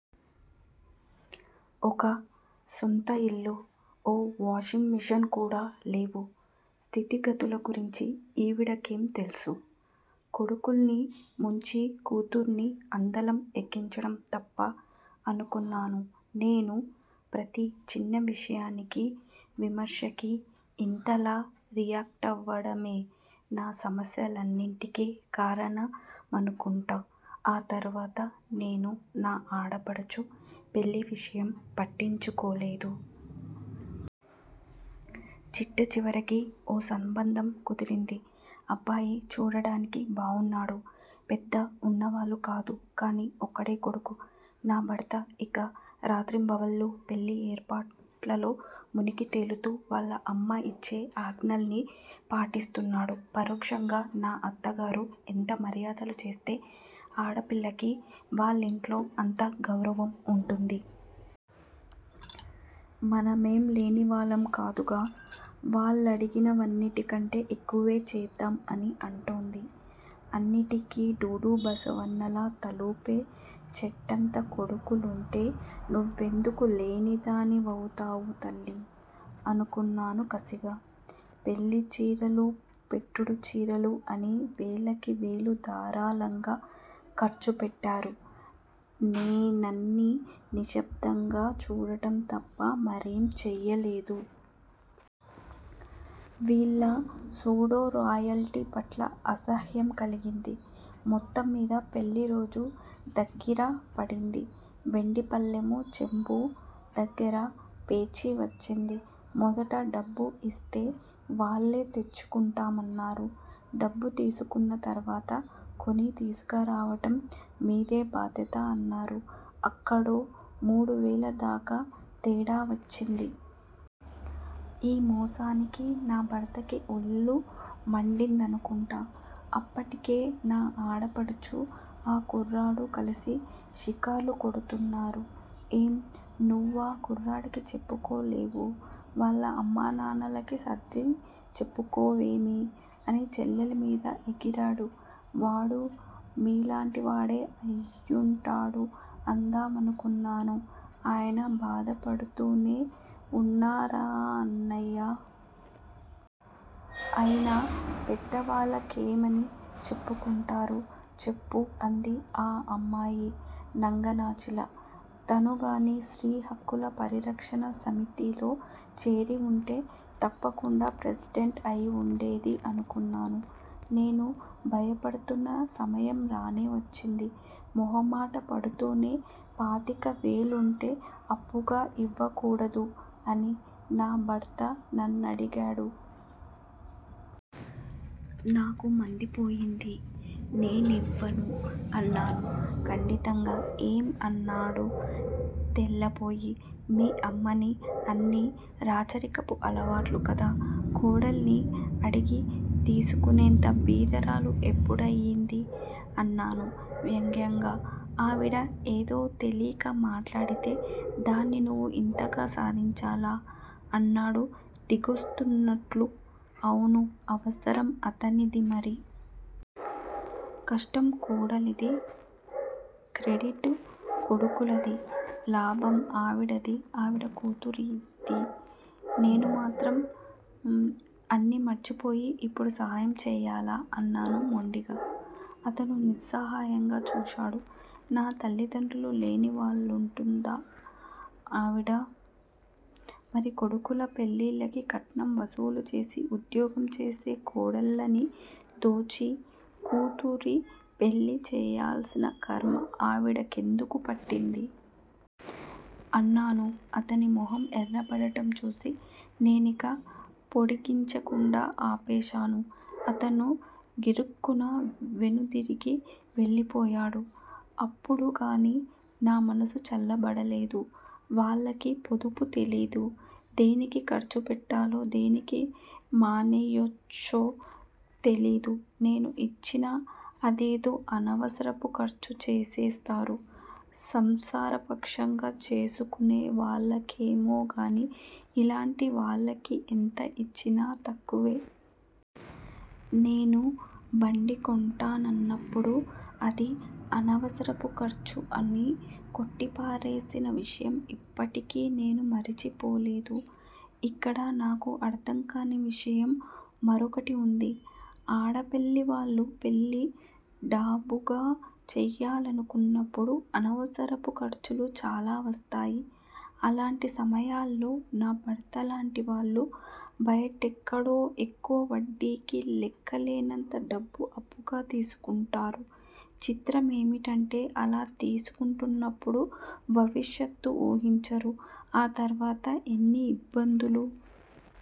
ఒక సొంత ఇల్లు, ఓ వాషింగ్ మెషీన్ కూడా లేవు. స్థితిగతుల గురించి ఈవిడకేం తెల్సు? కొడుకుల్ని ముంచి కూతుర్ని అందలం ఎక్కించడం తప్ప అనుకున్నాను. నేను ప్రతి చిన్న విషయానికీ, విమర్శకి ఇంతలా రియాక్టవడమే నా సమస్యలన్నింటికీ కారణమనుకుంటా. ఆ తర్వాత నేను నా ఆడపడుచు పెళ్ళి విషయం పట్టించుకోలేదు. చిట్టచివరికి ఓ సంబంధం కుదిరింది. అబ్బాయి చూడడానికి బావున్నాడు. పెద్ద వున్నవాళ్ళు కాదు కానీ ఒక్కడే కొడుకు. నా భర్త ఇక రాత్రింబవళ్ళూ పెళ్ళి ఏర్పాట్లలో మునిగి తేలుతూ వాళ్ళ అమ్మ ఇచ్చే ఆజ్ఞల్ని పాటిస్తున్నాడు. పరోక్షంగా నా అత్తగారు ఎంత మర్యాదలు చేస్తే ఆడపిల్లకి వాళ్ళింట్లో అంత గౌరవం వుంటుంది. మనమేం లేనివాళ్ళం కాదుగా. వాళ్ళడిగిన వన్నిటికంటె ఎక్కువే చేద్దాం అని అంటోంది. అన్నిటికీ డూడూ బసవన్నల్లా తలూపే చెట్టంత కొడుకులుంటే నువ్వెందుకు లేనిదాని వవుతావు తల్లీ? అనుకున్నాను కసిగా. పెళ్ళిచీరలూ, పెట్టుడు చీరలూ అని వేలకి వేలు ధారాళంగా ఖర్చుపెట్టారు. నేనన్నీ నిశ్శబ్దంగా చూడడం తప్ప మరేం చెయ్యలేదు. వీళ్ళ సూడో రాయల్టీ పట్ల అసహ్యం కలిగింది. మొత్తం మీద పెళ్ళిరోజు దగ్గిర పడింది. వెండి పళ్ళెమూ, చెంబూ దగ్గర పేచీ వచ్చింది. మొదట డబ్బు ఇస్తే వాళ్ళే తెచ్చుకుంటామన్నారు. డబ్బు తీసుకున్న తర్వాత 'కొని తీసుకురావడం మీదే బాధ్యత' అన్నారు. అక్కడో మూడువేల దాకా తేడా వచ్చింది. ఈ మోసానికి నా భర్తకి ఒళ్ళు మండిందనుకుంటా అప్పటికే నా ఆడపడుచూ, ఆ కుర్రాడూ కలిసి షికార్లు కొడుతున్నారు. ఏం? నువ్వా కుర్రాడికి చెప్పుకోలేవూ, వాళ్ళ అమ్మా నాన్నలకి సర్దిచెప్పుకోవేమి? అని చెల్లెలి మీద ఎగిరాడు. 'వాడూ మీలాంటి వాడే అయుంటాడు' అందామనుకున్నాను. ఆయన బాధపడ్తూనే వున్నారాన్నయ్యా! అయినా పెద్ద వాళ్ళకేమని చెప్పుకుంటారు చెప్పు అంది ఆ అమ్మాయి నంగనాచిలా. తనుగానీ స్త్రీ హక్కుల పరిరక్షణ సమితిలో చేరి వుంటే, తప్పకుండా ప్రెసిడెంట్ అయివుండేది అనుకున్నాను. నేను భయపడుతున్న సమయం రానే వచ్చింది. మొహమాట పడుతూనే పాతిక వేలుంటే అప్పుగా ఇవ్వకూడదు? అని నా భర్త నన్నడిగాడు. నాకు మందిపోయింది. నేనివ్వను అన్నాను ఖండితంగా. ఏం? అన్నాడు తెల్లబోయి. మీ అమ్మని అన్నీ రాచరికపు అలవాట్లు కదా. కోడల్ని అడిగి తీసుకునేంత బీదరాలు ఎప్పుడయింది? అన్నాను వ్యంగ్యంగా. ఆవిడ ఏదో తెలీక మాట్లాడితే, దాన్ని నువ్వు ఇంతగా సాధించాలా? అన్నాడు దిగొస్తున్నట్లు. అవును, అవసరం అతనిది మరి! కష్టం కోడలిది. క్రెడిట్ కొడుకులది. లాభం ఆవిడదీ, ఆవిడ కూతురిదీ! నేను మాత్రం అన్నీ మర్చిపోయి ఇప్పుడు సాయం చెయ్యాలా? అన్నాను మొండిగా. అతను నిస్సహాయంగా చూశాడు. నా తల్లిదండ్రులు లేని వాళ్ళంటుందా ఆవిడ? మరి కొడుకుల పెళ్ళిళ్ళకి కట్నం వసూలు చేసి, ఉద్యోగం చేసే కోడళ్ళని దోచి కూతురి పెళ్ళి చెయ్యాల్సిన ఖర్మ ఆవిడకెందుకు పట్టింది? అన్నాను. అతని మొహం ఎర్రబడడం చూసి నేనిక పొడిగించకుండా ఆపేశాను. అతను గిరుక్కున వెనుదిరిగి వెళ్ళిపోయాడు. అప్పుడుగానీ నా మనసు చల్లబడలేదు. వాళ్ళకి పొదుపు తెలీదు. దేనికి ఖర్చు పెట్టాలో, దేనికి మానెయ్యొచ్చో తెలీదు. నేను ఇచ్చినా అదేదో అనవసరపు ఖర్చు చేసేస్తారు. సంసారపక్షంగా చేసుకునేవాళ్ళకేమోగానీ, ఇలాంటి వాళ్ళకి ఎంత ఇచ్చినా తక్కువే. నేను బండి కొంటానన్నప్పుడు 'అది అనవసరపు ఖర్చు' అని కొట్టిపారేసిన విషయం ఇప్పటికీ నేను మరిచిపోలేదు! ఇక్కడ నాకు అర్థంకాని విషయం మరొకటి వుంది. ఆడపెళ్ళివాళ్ళు పెళ్ళి డాబుగా చెయ్యాలనుకున్నప్పుడు అనవసరపు ఖర్చులు చాలా వస్తాయి. అలాంటి సమయాల్లో నా భర్త లాంటి వాళ్ళు బయటెక్కడో ఎక్కువ వడ్డీకి లెక్కలేనంత డబ్బు అప్పుగా తీసుకుంటారు. చిత్రమేమిటంటే అలా తీసుకుంటున్నప్పుడు భవిష్యత్తు వూహించరు. ఆ తర్వాత ఎన్ని ఇబ్బందులు